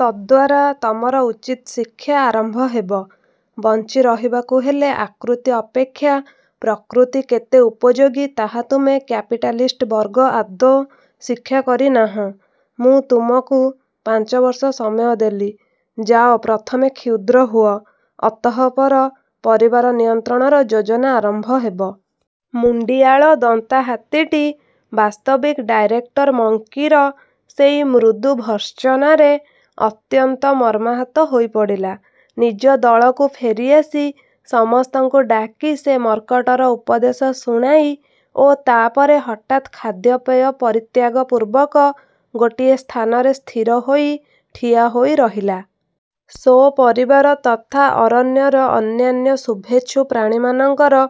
ତଦ୍ୱାରା ତମର ଉଚିତ୍ ଶିକ୍ଷା ଆରମ୍ଭ ହେବ। ବଞ୍ଚି ରହିବାକୁ ହେଲେ ଆକୃତି ଅପେକ୍ଷା ପ୍ରକୃତି କେତେ ଉପଯୋଗୀ ତାହା ତୁମେ କ୍ୟାପିଟାଲିଷ୍ଟବର୍ଗ ଆଦୌ ଶିକ୍ଷା କରିନାହଁ। ମୁଁ ତୁମକୁ ପାଞ୍ଚବର୍ଷ ସମୟ ଦେଲି, ଯାଅ-ପ୍ରଥମେ କ୍ଷୁଦ୍ର ହୁଅ। ଅତଃପର ପରିବାର ନିୟନ୍ତ୍ରଣର ଯୋଜନା ଆରମ୍ଭ ହେବ। " ମୁଣ୍ଡିଆଳ ଦନ୍ତାହାତୀଟି ବାସ୍ତବିକ୍ ଡାଇରେକ୍ଟର ମଙ୍କିର ସେଇ ମୃଦୁ ଭର୍ତ୍ସନାରେ ଅତ୍ୟନ୍ତ ମର୍ମାହତ ହୋଇ ପଡ଼ିଲା। ନିଜ ଦଳକୁ ଫେରି ଆସି ସମସ୍ତଙ୍କୁ ଡାକି ସେ ମର୍କଟର ଉପଦେଶ ଶୁଣାଇ ଓ ତା'ପରେ ହଠାତ୍ ଖାଦ୍ୟପେୟ ପରିତ୍ୟାଗ ପୂର୍ବକ ଗୋଟିଏ ସ୍ଥାନରେ ସ୍ଥିର ହୋଇ ଠିଆ ହୋଇ ରହିଲା। ସ୍ୱ ପରିବାର ତଥା ଅରଣ୍ୟର ଅନ୍ୟାନ୍ୟ ଶୁଭେଚ୍ଛୁ ପ୍ରାଣୀମାନଙ୍କର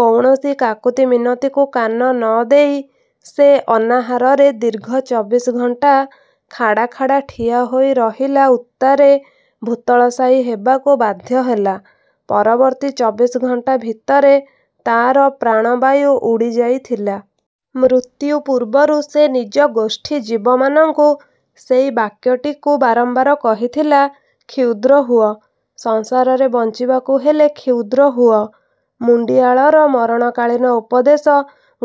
କୌଣସି କାକୁତିମିନତିକୁ କାନ ନ ଦେଇ ସେ ଅନାହାରରେ ଦୀର୍ଘ ଚବିଶ ଘଣ୍ଟା ଖାଡ଼ା ଖାଡ଼ା ଠିଆ ହୋଇ ରହିଲା ଉତ୍ତାରେ ଭୂତଳଶାୟୀ ହେବାକୁ ବାଧ୍ୟ ହେଲା। ପରବର୍ତ୍ତୀ ଚବିଶ ଘଣ୍ଟା ଭିତରେ ତାର ପ୍ରାଣବାୟୁ ଉଡ଼ିଯାଇଥିଲା। ମୃତ୍ୟୁ ପୂର୍ବରୁ ସେ ନିଜ ଗୋଷ୍ଠୀ ଜୀବମାନଙ୍କୁ ସେଇ ବାକ୍ୟଟିକୁ ବାରମ୍ବାର କହିଥିଲା-"କ୍ଷୁଦ୍ର ହୁଅ! ସଂସାରରେ ବଞ୍ଚିବାକୁ ହେଲେ କ୍ଷୁଦ୍ର ହୁଅ। " ମୁଣ୍ଡିଆଳର ମରଣକାଳୀନ ଉପଦେଶ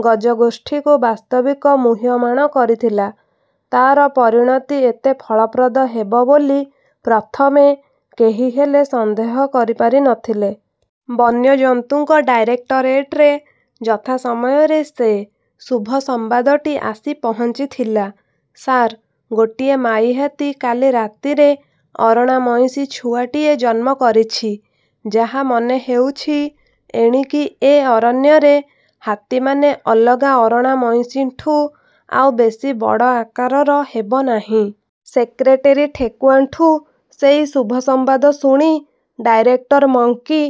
ଗଜଗୋଷ୍ଠୀକୁ ବାସ୍ତବିକ ମୂହ୍ୟମାଣ କରିଥିଲା। ତା'ର ପରିଣତି ଏତେ ଫଳପ୍ରଦ ହେବ ବୋଲି ପ୍ରଥମେ କେହିହେଲେ ସନ୍ଦେହ କରି ପାରି ନ ଥିଲେ-। ବନ୍ୟଜନ୍ତୁଙ୍କ ଡାଇରେକ୍ଟରେଟରେ ଯଥା ସମୟରେ ସେ। ଶୁଭ ସମ୍ବାଦଟି ଆସି ପହଞ୍ଚିଥିଲା। "ସାର୍! ଗୋଟିଏ ମାଈହାତୀ କାଲି ରାତିରେ ଅରଣା ମଇଁଷି ଛୁଆଟିଏ ଜନ୍ମ କରିଛି! ଯାହା ମନେ ହେଉଛି ଏଣିକି ଏ ଅରଣ୍ୟରେ ହାତୀମାନେ ଅଲଗା ଅରଣା ମଇଁଷିଠୁଁ ଆଉ ବେଶୀ ବଡ଼ ଆକାରର ହେବ ନାହିଁ। " ସେକ୍ରେଟେରୀ ଠେକୁଆଠୁଁ ସେଇ ଶୁଭସମ୍ବାଦ ଶୁଣି ଡାଇରେକ୍ଟର ମଙ୍କି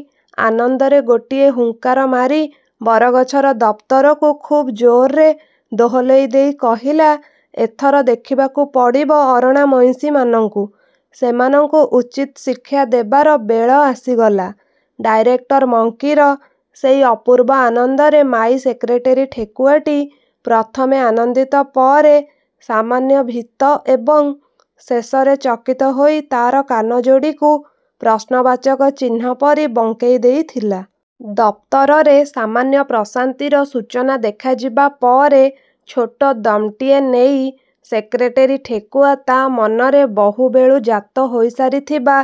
ଆନନ୍ଦରେ ଗୋଟିଏ ହୁଙ୍କାର ମାରି ବରଗଛର ଦପ୍ତରକୁ ଖୁବ୍ ଜୋର୍ରେ ଦୋହଲେଇ ଦେଇ କହିଲା- "ଏଥର ଦେଖିବାକୁ ପଡ଼ିବ ଅରଣା ମଇଁଷୀମାନଙ୍କୁ। ସେମାନଙ୍କୁ ଉଚିତ୍ ଶିକ୍ଷା ଦେବାର ବେଳ ଆସିଗଲା। " ଡାଇରେକ୍ଟର ମଙ୍କିର ସେଇ ଅପୂର୍ବ ଆନନ୍ଦରେ ମାଈ ସେକ୍ରେଟେରୀ ଠେକୁଆଟି ପ୍ରଥମେ ଆନନ୍ଦିତ ପରେ ସାମାନ୍ୟ ଭୀତ ଏବଂ ଶେଷରେ ଚକିତ ହୋଇ ତାର କାନ ଯୋଡ଼ିକୁ ପ୍ରଶ୍ନବାଚକ ଚିହ୍ନ ପରି ବଙ୍କେଇ ଦେଇଥିଲା। ଦପ୍ତରରେ ସାମାନ୍ୟ ପ୍ରଶାନ୍ତିର ସୂଚନା ଦେଖାଯିବା ପରେ ଛୋଟ ଦମ୍ଟିଏ ନେଇ ସେକ୍ରେଟେରୀ ଠେକୁଆ ତା ମନରେ ବହୁବେଳୁ ଜାତ ହୋଇସାରିଥିବା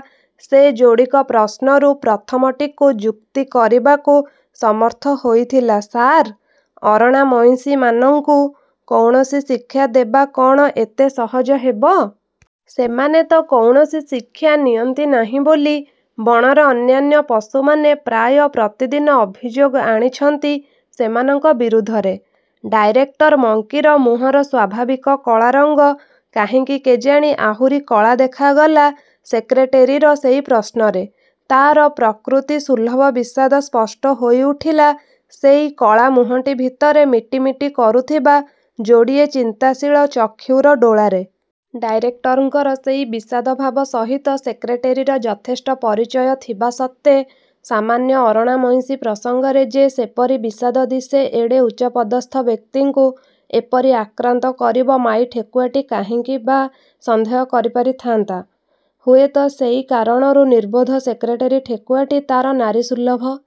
ସେ ଯୋଡ଼ିକ ପ୍ରଶ୍ନରୁ ପ୍ରଥମଟିକୁ ଯୁକ୍ତି କରିବାକୁ ସମର୍ଥ ହୋଇଥିଲା- "ସାର୍! ଅରଣା ମଇଁଷୀମାନଙ୍କୁ କୌଣସି ଶିକ୍ଷା ଦେବା କ'ଣ ଏତେ ସହଜ ହେବ? ସେମାନେ ତ କୌଣସି ଶିକ୍ଷା ନିଅନ୍ତି ନାହିଁ ବୋଲି ବଣର ଅନ୍ୟାନ୍ୟ ପଶୁମାନେ ପ୍ରାୟ ପ୍ରତିଦିନ ଅଭିଯୋଗ ଆଣିଛନ୍ତି ସେମାନଙ୍କ ବିରୁଦ୍ଧରେ! " ଡାଇରେକ୍ଟର ମଙ୍କିର ମୁହଁର ସ୍ଵାଭାବିକ କଳାରଙ୍ଗ କାହିଁକି କେଜାଣି ଆହୁରି କଳା ଦେଖାଗଲା ସେକ୍ରେଟେରୀର ସେଇ ପ୍ରଶ୍ନରେ। ତାର ପ୍ରକୃତି ସୁଲଭ ବିଷାଦ ସ୍ପଷ୍ଟ ହୋଇ ଉଠିଲା ସେଇ କଳା ମୁହଁଟି ଭିତରେ ମିଟିମିଟି କରୁଥିବା ଯୋଡ଼ିଏ ଚିନ୍ତାଶୀଳ ଚକ୍ଷୁର ଡୋଳାରେ। ଡାଇରେକ୍ଟରଙ୍କର ସେଇ ବିଷାଦଭାବ ସହିତ ସେକ୍ରେଟେରୀର ଯଥେଷ୍ଟ ପରିଚୟ ଥିବା ସତ୍ଵେ ସାମାନ୍ୟ ଅରଣା ମଇଁଷୀ ପ୍ରସଙ୍ଗରେ ଯେ ସେପରି ବିଷାଦ ଦିଶେ ଏଡ଼େ ଉଚ୍ଚପଦସ୍ଥ ବ୍ୟକ୍ତିଙ୍କୁ ଏପରି ଆକ୍ରାନ୍ତ କରିବ ମାଈ ଠେକୁଆଟି କାହିଁକି ବା ସନ୍ଦେହ କରିପାରିଥାନ୍ତା! ହୁଏତ ସେଇ କାରଣରୁ ନିର୍ବୋଧ ସେକ୍ରେଟେରୀ ଠେକୁଆଟି ତାର ନାରୀସୁଲଭ